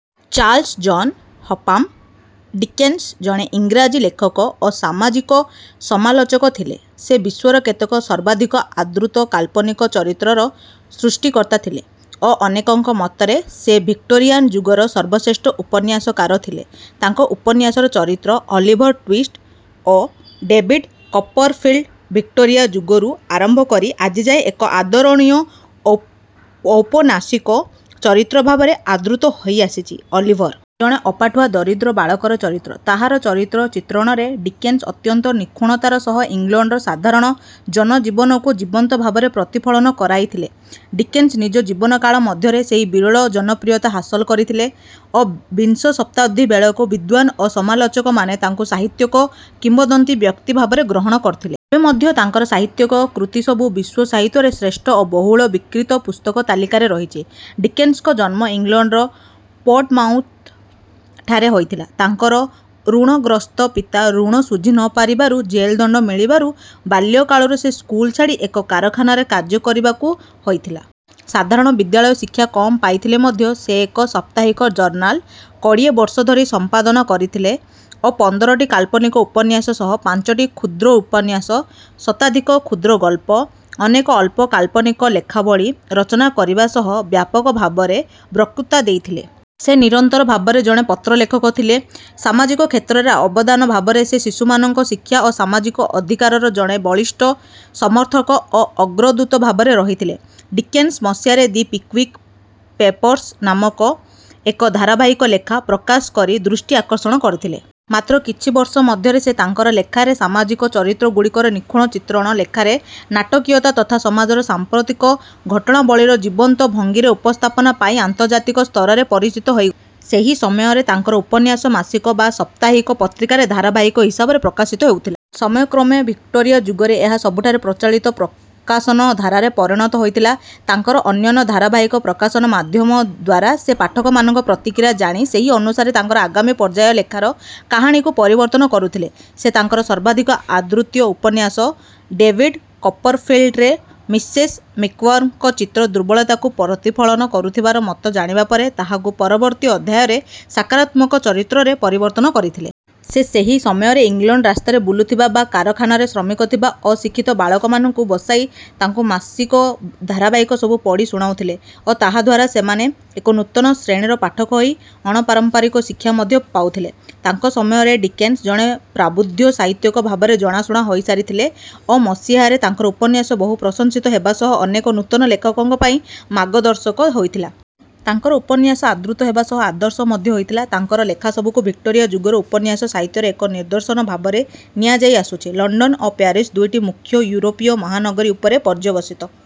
Charles John Huffam Dickens ଜଣେ ଇଂରାଜୀ ଲେଖକ ଓ ସାମାଜିକ ସମାଲୋଚକ ଥିଲେ। ସେ ବିଶ୍ୱର କେତେକ ସର୍ବାଧିକ ଆଦୃତ କାଳ୍ପନିକ ଚରିତ୍ରର ସୃଷ୍ଟିକର୍ତ୍ତା ଥିଲେ ଓ ଅନେକଙ୍କ ମତରେ ସେ ଭିକ୍ଟୋରିଆନ୍ ଯୁଗର ସର୍ବଶ୍ରେଷ୍ଠ ଉପନ୍ୟାସକାର ଥିଲେ। ତାଙ୍କ ଉପନ୍ୟାସର ଚରିତ୍ର ଅଲିଭର ଟ୍ୱିଷ୍ଟ ଓ ଡେଭିଡ୍ କପରଫିଲ୍ଡ ଭିକ୍ଟୋରିଆ ଯୁଗରୁ ଆରମ୍ଭ କରି ଆଜିଯାଏ ଏକ ଆଦରଣୀୟ ଔପ ଔପନ୍ୟାସିକ ଚରିତ୍ର ଭାବରେ ଆଦୃତ ହୋଇଆସିଛି। ଅଲିଭର ଜଣେ ଅପାଠୁଆ ଦରିଦ୍ର ବାଳକର ଚରିତ୍ର। ତାହାର ଚରିତ୍ର ଚିତ୍ରଣରେ ଡିକେନ୍ସ ଅତ୍ୟନ୍ତ ନିଖୁଣତାର ସହ ଇଂଲଣ୍ଡର ସାଧାରଣ ଜନଜୀବନକୁ ଜୀବନ୍ତ ଭାବରେ ପ୍ରତିଫଳନ କରାଇଥିଲେ। ଡିକେନ୍ସ ନିଜ ଜୀବନକାଳ ମଧ୍ୟରେ ସେହି ବିରଳ ଜନପ୍ରିୟତା ହାସଲ କରିଥିଲେ ଓ ବିଂଶ ଶତାବ୍ଦୀ ବେଳକୁ ବିଦ୍ୱାନ ଓ ସମାଲୋଚକମାନେ ତାଙ୍କୁ ସାହିତ୍ୟିକ କିମ୍ବଦନ୍ତୀ ବ୍ୟକ୍ତି ଭାବରେ ଗ୍ରହଣ କରିଥିଲେ। ଏବେ ମଧ୍ୟ ତାଙ୍କର ସାହିତ୍ୟିକ କୃତିସବୁ ବିଶ୍ୱ ସାହିତ୍ୟରେ ଶ୍ରେଷ୍ଠ ଓ ବହୁଳ ବିକ୍ରୀତ ପୁସ୍ତକ ତାଲିକାରେ ରହିଛି। ଡିକେନ୍ସଙ୍କ ଜନ୍ମ ଇଂଲଣ୍ଡର ପୋର୍ଟ୍ସମାଉଥ୍‌ଠାରେ ହୋଇଥିଲା। ତାଙ୍କର ଋଣଗ୍ରସ୍ତ ପିତା ଋଣ ଶୁଝି ନ ପାରିବାରୁ ଜେଲ୍ ଦଣ୍ଡ ମିଳିବାରୁ, ବାଲ୍ୟକାଳରୁ ସେ ସ୍କୁଲ ଛାଡ଼ି ଏକ କାରଖାନାରେ କାର୍ଯ୍ୟ କରିବାକୁ ହୋଇଥିଲା। ସାଧାରଣ ବିଦ୍ୟାଳୟ ଶିକ୍ଷା କମ୍ ପାଇଥିଲେ ମଧ୍ୟ ସେ ଏକ ସାପ୍ତାହିକ ଜର୍ନାଲ୍ କୋଡ଼ିଏ ବର୍ଷ ଧରି ସମ୍ପାଦନା କରିଥିଲେ ଓ ପନ୍ଦରଟି କାଳ୍ପନିକ ଉପନ୍ୟାସ ସହ ପାଞ୍ଚଟି କ୍ଷୁଦ୍ର ଉପନ୍ୟାସ, ଶତାଧିକ କ୍ଷୁଦ୍ରଗଳ୍ପ, ଅନେକ ଅଣ-କାଳ୍ପନିକ ଲେଖାବଳୀ ରଚନା କରିବା ସହ ବ୍ୟାପକ ଭାବରେ ବକ୍ତୃତା ଦେଇଥିଲେ। ସେ ନିରନ୍ତର ଭାବରେ ଜଣେ ପତ୍ରଲେଖକ ଥିଲେ। ସାମାଜିକ କ୍ଷେତ୍ରରେ ଅବଦାନ ଭାବରେ ସେ ଶିଶୁମାନଙ୍କ ଶିକ୍ଷା ଓ ସାମାଜିକ ଅଧିକାରର ଜଣେ ବଳିଷ୍ଠ ସମର୍ଥକ ଓ ଅଗ୍ରଦୂତ ଭାବରେ ରହିଥିଲେ। ଡିକେନ୍ସ ମସିହାରେ ଦି ପିକ୍‌ୱିକ୍ ପେପର୍ସ ନାମକ ଏକ ଧାରାବାହିକ ଲେଖା ପ୍ରକାଶ କରି ଦୃଷ୍ଟି ଆକର୍ଷଣ କରିଥିଲେ। ମାତ୍ର କିଛି ବର୍ଷ ମଧ୍ୟରେ ସେ ତାଙ୍କର ଲେଖାରେ ସାମାଜିକ ଚରିତ୍ରଗୁଡ଼ିକର ନିଖୁଣ ଚିତ୍ରଣ, ଲେଖାରେ ନାଟକୀୟତା ତଥା ସମାଜର ସାଂପ୍ରତିକ ଘଟଣାବଳୀର ଜୀବନ୍ତ ଭଙ୍ଗୀରେ ଉପସ୍ଥାପନା ପାଇଁ ଅନ୍ତର୍ଜାତିକ ସ୍ତରରେ ପରିଚିତ ହୋଇଗଲେ। ସେହି ସମୟରେ ତାଙ୍କର ଉପନ୍ୟାସ ମାସିକ ବା ସାପ୍ତାହିକ ପତ୍ରିକାରେ ଧାରାବାହିକ ହିସାବରେ ପ୍ରକାଶିତ ହେଉଥିଲା। ସମୟକ୍ରମେ ଭିକ୍ଟୋରିଆ ଯୁଗରେ ଏହା ସବୁଠାରେ ପ୍ରଚଳିତ ପ୍ରକାଶନ ଧାରାରେ ପରିଣତ ହୋଇଥିଲା। ତାଙ୍କର ଅନନ୍ୟ ଧାରାବାହିକ ପ୍ରକାଶନ ମାଧ୍ୟମ ଦ୍ୱାରା ସେ ପାଠକମାନଙ୍କ ପ୍ରତିକ୍ରିୟା ଜାଣି ସେହି ଅନୁସାରେ ତାଙ୍କର ଆଗାମୀ ପର୍ଯ୍ୟାୟ ଲେଖାର କାହାଣୀକୁ ପରିବର୍ତ୍ତନ କରୁଥିଲେ। ସେ ତାଙ୍କର ସର୍ବାଧିକ ଆଦୃତ ଉପନ୍ୟାସ "ଡେଭିଡ୍ କପରଫିଲ୍ଡ"ରେ "ମିସେସ୍ ମିକାୱର"ଙ୍କ ଚରିତ୍ର ଦୁର୍ବଳତାକୁ ପ୍ରତିଫଳନ କରୁଥିବାର ମତ ଜାଣିବା ପରେ ତାହାକୁ ପରବର୍ତ୍ତୀ ଅଧ୍ୟାୟରେ ସକାରାତ୍ମକ ଚରିତ୍ରରେ ପରିବର୍ତ୍ତନ କରିଥିଲେ। ସେ ସେହି ସମୟରେ ଇଂଲଣ୍ଡ ରାସ୍ତାରେ ବୁଲୁଥିବା ବା କାରଖାନାରେ ଶ୍ରମିକ ଥିବା ଅଶିକ୍ଷିତ ବାଳକମାନଙ୍କୁ ବସାଇ ତାଙ୍କୁ ମାସିକ ଧାରାବାହିକ ସବୁ ପଢ଼ି ଶୁଣାଉଥିଲେ ଓ ତାହାଦ୍ୱାରା ସେମାନେ ଏକ ନୂତନ ଶ୍ରେଣୀର ପାଠକ ହୋଇ ଅଣପାରମ୍ପରିକ ଶିକ୍ଷା ମଧ୍ୟ ପାଉଥିଲେ। ତାଙ୍କ ସମୟରେ ଡିକେନ୍ସ ଜଣେ ପ୍ରବୁଦ୍ଧ ସାହିତ୍ୟିକ ଭାବରେ ଜଣାଶୁଣା ହୋଇସାରିଥିଲେ ଓ ମସିହାରେ ତାଙ୍କର ଉପନ୍ୟାସ ବହୁ ପ୍ରଶଂସିତ ହେବା ସହ ଅନେକ ନୂତନ ଲେଖକଙ୍କ ପାଇଁ ମାର୍ଗଦର୍ଶକ ହୋଇଥିଲା। ତାଙ୍କର ଉପନ୍ୟାସ ଆଦୃତ ହେବା ସହ ଆଦର୍ଶ ମଧ୍ୟ ହୋଇଥିଲା। ତାଙ୍କର ଲେଖାସବୁକୁ ଭିକ୍ଟୋରିଆ ଯୁଗର ଉପନ୍ୟାସ ସାହିତ୍ୟର ଏକ ନିଦର୍ଶନ ଭାବରେ ନିଆଯାଇଆସୁଛି। ଲଣ୍ଡନ ଓ ପ୍ୟାରିସ୍ ଦୁଇଟି ମୁଖ୍ୟ ୟୁରୋପୀୟ ମହାନଗରୀ ଉପରେ ପର୍ଯ୍ୟବସିତ।